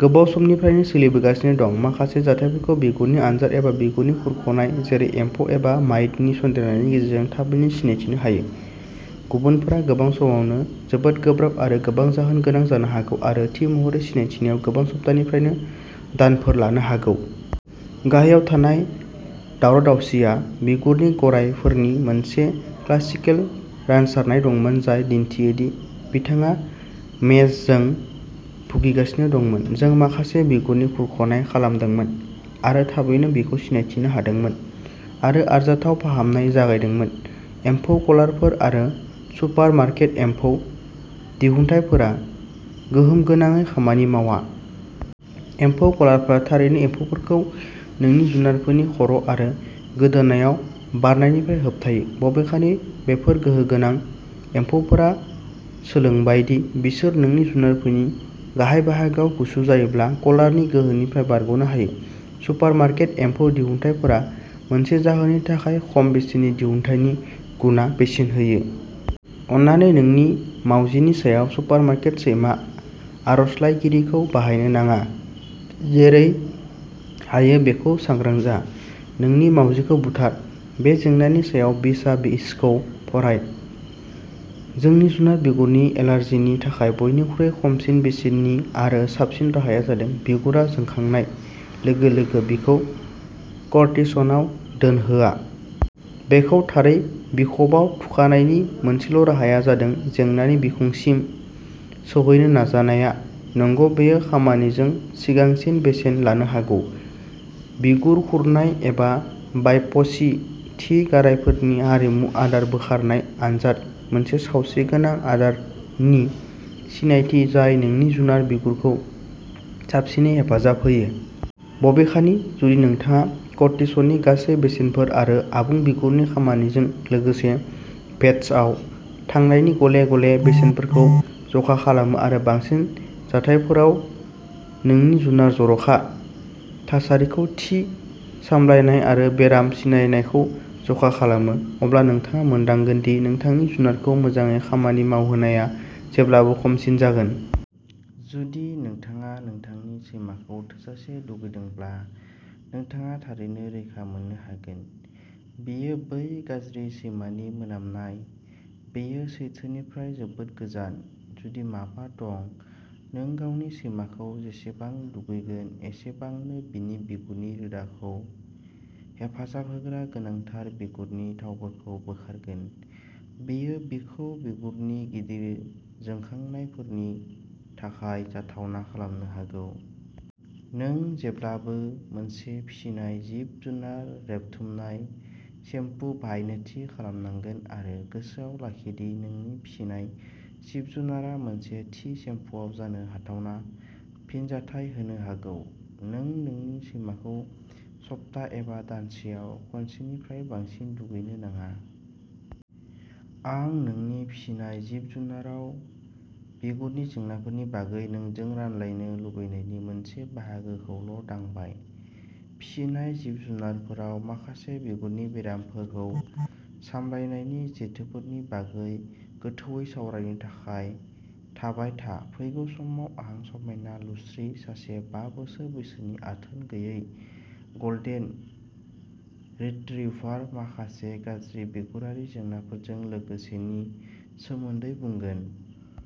गोबाव समनिफ्रायनो सोलिबोगासिनो दं। माखासे जाथायफोरखौ बिगुरनि आनजाद एबा बिगुरनि खुरख'नाय जेरै एम्फौ एबा माइटनि सन्देरनायनि गेजेरजों थाबैनो सिनायथिनो हायो। गुबुनफोरा गोबां समावनो जोबोद गोब्राब आरो गोबां जाहोन गोनां जानो हागौ आरो थि महरै सिनायथिनायाव गोबां सप्तानिफ्राय दानफोर लानो हागौ। गाहायाव थानाय दावराव-दावसिआ बिगुरनि गारायफोरनि मोनसे क्लासिकेल रानसारनाय दंमोन जाय दिन्थियो दि बिथाङा मेंजजों भुगिगासिनो दंमोन। जों माखासे बिगुरनि खुरख'नाय खालामदोंमोन आरो थाबैनो बिखौ सिनायथिनो हादोंमोन आरो आरजाथाव फाहामनाय जागायदोंमोन। एम्फौ कलारफोर आरो सुपारमार्केट एम्फौ दिहुनथायफोरा गोहोम गोनाङै खामानि मावा। एम्फौ कलारफोरा थारैनो एम्फौफोरखौ नोंनि जुनारफोरनि खर'आरो गोदोनायाव बारनायनिफ्राय होबथायो। बबेखानि, बेफोर गोहोगोनां एम्फौफोरा सोलोंबाय दि बिसोर नोंनि जुनारफोरनि गाहाय बाहागोआव गुसु जायोब्ला कलारनि गोहोनिफ्राय बारग'नो हायो। सुपारमार्केट एम्फौ दिहुनथायफोरा मोनसे जाहोननि थाखाय खम बेसेननि; दिहुनथायनि गुनआ बेसेन होयो। अन्नानै नोंनि मावजिनि सायाव सुपारमार्केट सैमा आर'जलाइगिरिखौ बाहायनो नाङा जेरै हायो बेखौ सांग्रां जा। नोंनि मावजिखौ बुथार> बे जेंनानि सायाव बिसआ बिसखौ फराय। नोंनि जुनार बिगुरनि एलार्जिनि थाखाय बयनिख्रुइ खमसिन बेसेननि आरो साबसिन राहाया जादों बिगुरा जोंखांनाय लोगो-लोगो बिखौ कर्टिसनआव दोनहोआ। बेखौ थारै बिखबआव थुखानायनि मोनसेल'राहाया जादों जेंनानि बिखंसिम सौहैनो नाजानाया! नंगौ, बेयो खामानिजों सिगांसिन बेसेन लानो हागौः बिगुर खुरनाय एबा बायपसि, थि गारायफोरनि हारिमु, आदार बोखारनाय आनजाद, मोनसे सावस्रिगोनां आदारनि सिनायथि जाय नोंनि जुनार बिगुरखौ साबसिनै हेफाजाब होयो। बबेखानि, जुदि नोंथाङा कर्टिसननि गासै बेसेनफोर आरो आबुं बिगुरनि खामानिजों लोगोसे भेट्सआव थांनायनि गले-गले बेसेनफोरखौ जखा खालामो आरो बांसिन जाथायफोराव नोंनि जुनार जर'खा थासारिखौ थि सामलायनाय आरो बेराम सिनायनायखौ जखा खालामो, अब्ला नोंथाङा मोनदांगोन दि नोंथांनि जुनारखौ मोजाङै खामानि मावहोनाया जेब्लाबो खमसिन जागोन। जुदि नोंथाङा नोंथांनि सैमाखौ थोजासे दुगैदोंब्ला, नोंथाङा थारैनो रैखा मोननो हागोन। बियो बै गाज्रि सैमानि मोनामनाय। बेयो सैथोनिफ्राय जोबोद गोजान! जुदि माबा दं, नों गावनि सैमाखौ जेसेबां दुगैगोन, एसेबांनो बिनि बिगुरनि रोदाखौ हेफाजाब होग्रा गोनांथार बिगुरनि थावफोरखौ बोखारगोन; बेयो बिखौ बिगुरनि गिदिर जोंखांनायफोरनि थाखाय जाथावना खालामनो हागौ। नों जेब्लाबो मोनसे फिसिनाय जिब-जुनार रेबथुमनाय सेम्पु बाहायनो थि खालामनांगोन आरो गोसोआव लाखि दि नोंनि फिसिनाय जिब-जुनारआ मोनसे थि सेम्पुआव जानो हाथावना फिनजाथाय होनो हागौ। नों नोंनि सैमाखौ सफ्थाह एबा दानसेयाव खनसेनिफ्राय बांसिन दुगैनो नाङा। आं नोंनि फिसिनाय जिब-जुनाराव बिगुरनि जेंनाफोरनि बागै नोंजों रानलायनो लुबैनायनि मोनसे बाहागोखौल'दांबाय। फिसिनाय जिब-जुनारफोराव माखासे बिगुरनि बेरामफोरखौ सामलायनायनि जेथोफोरनि बागै गोथौवै सावरायनो थाखाय थाबाय था। फैगौ समाव, आं समायना लुसि, सासे बा बोसोर बैसोनि आथोन गैयै गल्डेन रिट्रिभार, माखासे गाज्रि बिगुरारि जेंनाफोरजों लोगोसेनि सोमोन्दै बुंगोन।